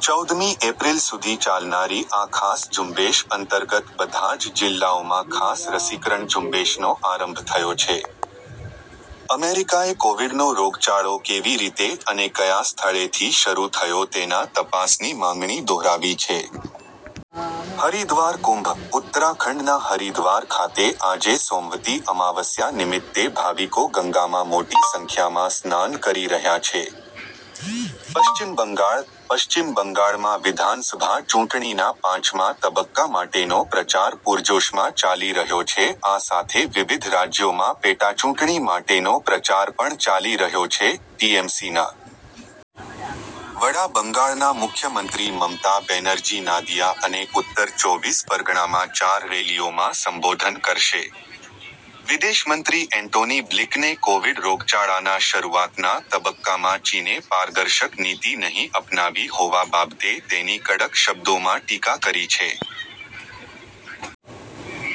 ચૌદમી એપ્રિલ સુધી ચાલનારી આ ખાસ ઝુંબેશ અંતર્ગત બધા જ જીલ્લાઓમાં ખાસ રસીકરણ ઝુંબેશનો આરંભ થયો છે. અમેરિકાએ કોવિડનો રોગચાળો કેવી રીતે અને કયા સ્થળેથી શરૂ થયો તેના તપાસની માંગણી દોહરાવી છે. હરીદ્વાર કુંભ, ઉત્તરાખંડના હરીદ્વાર ખાતે આજે સોમવતી અમાવસ્યા નિમિત્તે ભાવિકો ગંગામાં મોટી સંખ્યામાં સ્નાન કરી રહ્યા છે. પશ્ચિમ બંગાળ ,પશ્ચિમ બંગાળમાં વિધાનસભા ચૂંટણીના પાંચમા તબક્કા માટેનો પ્રચાર પૂરજોશમાં ચાલી રહ્યો છે આ સાથે વિવિધ રાજ્યોમાં પેટાચૂંટણી માટેનો પ્રચાર પણ ચાલી રહ્યો છે .ટીએમસીના વડા બંગાળના મુખ્યમંત્રી મમતા બેનર્જી નાદીયા અને ઉત્તર ચોવીસ પરગણામાં ચાર રેલીઓમાં સંબોધન કરશે. વિદેશમંત્રી એન્ટોની બ્લિકને કોવિડ રોગચાળાના શરૂઆતના તબક્કામાં ચીને પારદર્શક નીતિ નહીં અપનાવી હોવા બાબતે તેની કડક શબ્દોમાં ટીકા કરી છે.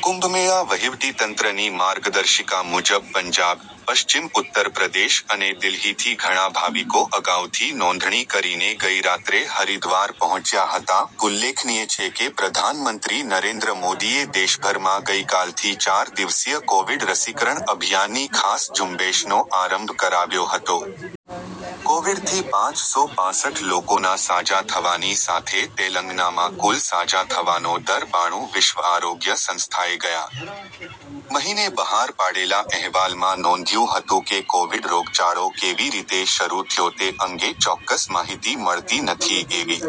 કુંભમેળા વહિવટીતંત્રની માર્ગદર્શિકા મુજબ પંજાબ, પશ્ચિમ ઉત્તરપ્રદેશ અને દિલ્હીથી ઘણા ભાવિકો અગાઉથી નોંધણી કરીને ગઈરાત્રે હરિદ્વાર પહોંચ્યા હતા .ઉલ્લેખનિય છે કે પ્રધાનમંત્રી નરેન્દ્ર મોદીએ દેશભરમાં ગઈકાલથી ચાર દિવસીય કોવિડ રસીકરણ અભિયાનની ખાસ ઝુંબેશનો આરંભ કરાવ્યો હતો. કોવિડથી પાંચ સો પાંસઠ લોકોનાં સાજા થવાની સાથે તેલંગનામાં કુલ સાજા થવાનો દર બાણું વિશ્વ આરોગ્ય સંસ્થાએ ગયા. મહિને બહાર પાડેલા અહેવાલમાં નોંધ્યું હતું કે કોવિડ રોગચાળો કેવી રીતે શરૂ થ્યો તે અંગે ચોક્કસ માહિતી મળતી નથી .એવી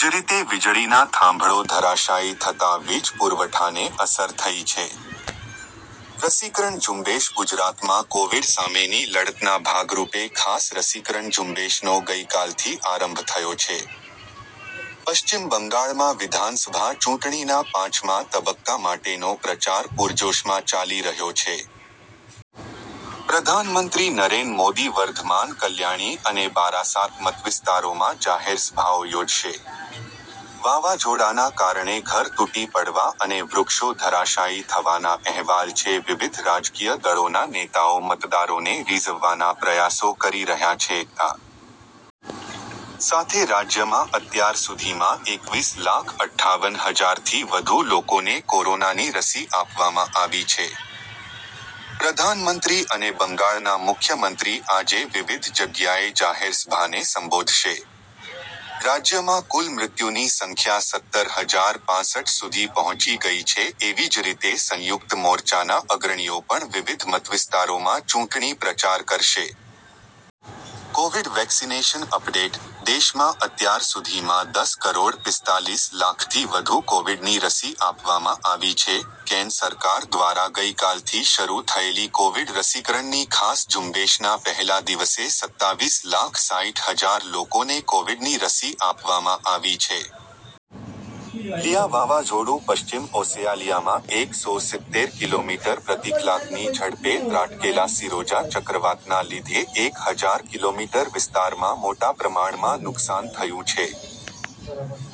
જ રીતે વિજળીના થાંભળો ધરાશાયી થતાં વિજ પુરવઠાને અસર થઈ છે. રસીકરણ ઝુંબેશ ગુજરાતમાં કોવિડ સામેની લડતના ભાગરૂપે ખાસ રસીકરણ ઝુંબેશનો ગઈકાલથી આરંભ થયો છે. પશ્ચિમ બંગાળમાં વિધાનસભા ચૂંટણીના પાંચમા તબક્કા માટેનો પ્રચાર પૂરજોશમાં ચાલી રહ્યો છે. પ્રધાનમંત્રી નરેન્ મોદી વર્ધમાન કલ્યાણી અને બારાસાત મતવિસ્તારોમાં જાહેરસભાઓ યોજશે. વાવાઝોડાના કારણે ઘર તુટી પડવા અને વૃક્ષો ધરાશાયી થવાના અહેવાલ છે વિવિધ રાજકીય દળોના નેતાઓ મતદારોને રીઝવવાના પ્રયાસો કરી રહ્યા છે .આ સાથે રાજ્યમાં અત્યાર સુધીમાં એકવીસ લાખ અઠ્ઠાવન હજારથી વધુ લોકોને કોરોનાની રસી આપવામાં આવી છે. પ્રધાનમંત્રી અને બંગાળના મુખ્યમંત્રી આજે વિવિધ જગ્યાએ જાહેરસભાને સંબોધશે. રાજ્યમાં કુલ મૃત્યુની સંખ્યા સત્તર હજાર પાંસઠ સુધી પહોંચી ગઈ છે એવી જ રીતે સંયુક્ત મોરચાના અગ્રણીઓ પણ વિવિધ મતવિસ્તારોમાં ચૂંટણી પ્રચાર કરશે. કોવિડ વેક્સિનેશન અપડેટ, દેશમાં અત્યાર સુધીમાં દસ કરોડ પિસ્તાલીસ લાખથી વધુ કોવિડની રસી આપવામાં આવી છે .કેન્ સરકાર દ્વારા ગઈકાલથી શરૂ થયેલી કોવિડ રસીકરણની ખાસ ઝુંબેશના પહેલા દિવસે સત્તાવીસ લાખ સાઈઠ હજાર લોકોને કોવિડની રસી આપવામાં આવી છે. લિયા વાવાઝોડું પશ્ચિમ ઓસેયાલિયામાં એક સો સિત્તેર કિલોમીટર પ્રતિકલાકની ઝડપે ત્રાટકેલા સીરોજા ચક્રવાતના લીધે એક હજાર કિલોમીટર વિસ્તારમાં મોટાપ્રમાણમાં નુકસાન થયું છે.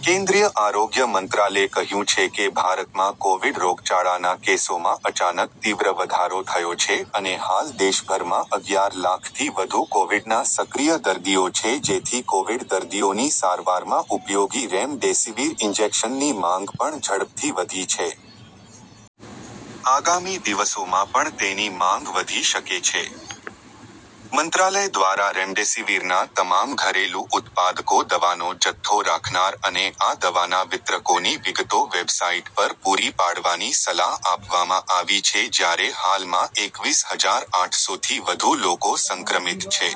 કેન્દ્રીય આરોગ્ય મંત્રાલયે કહ્યું છે કે ભારતમાં કોવિડ રોગચાળાના કેસોમાં અચાનક તીવ્ર વધારો થયો છે અને હાલ દેશભરમાં અગિયાર લાખથી વધુ કોવિડના સક્રિય દર્દીઓ છે જેથી કોવિડ દર્દીઓની સારવારમાં ઉપયોગી રેમ ડેસિવીર ઇંજેક્શનની માંગ પણ ઝડપથી વધી છે. આગામી દિવસોમાં પણ તેની માંગ વધી શકે છે. મંત્રાલય દ્વારા રેમડેસીવીરના તમામ ઘરેલું ઉત્પાદકો દવાનો જથ્થો રાખનાર અને આ દવાના વિતરકોની વિગતો વેબસાઈટ પર પૂરી પાડવાની સલાહ આપવામાં આવી છે જ્યારે હાલમાં એકવીસ હજાર આઠસોથી વધુ લોકો સંક્રમિત છે।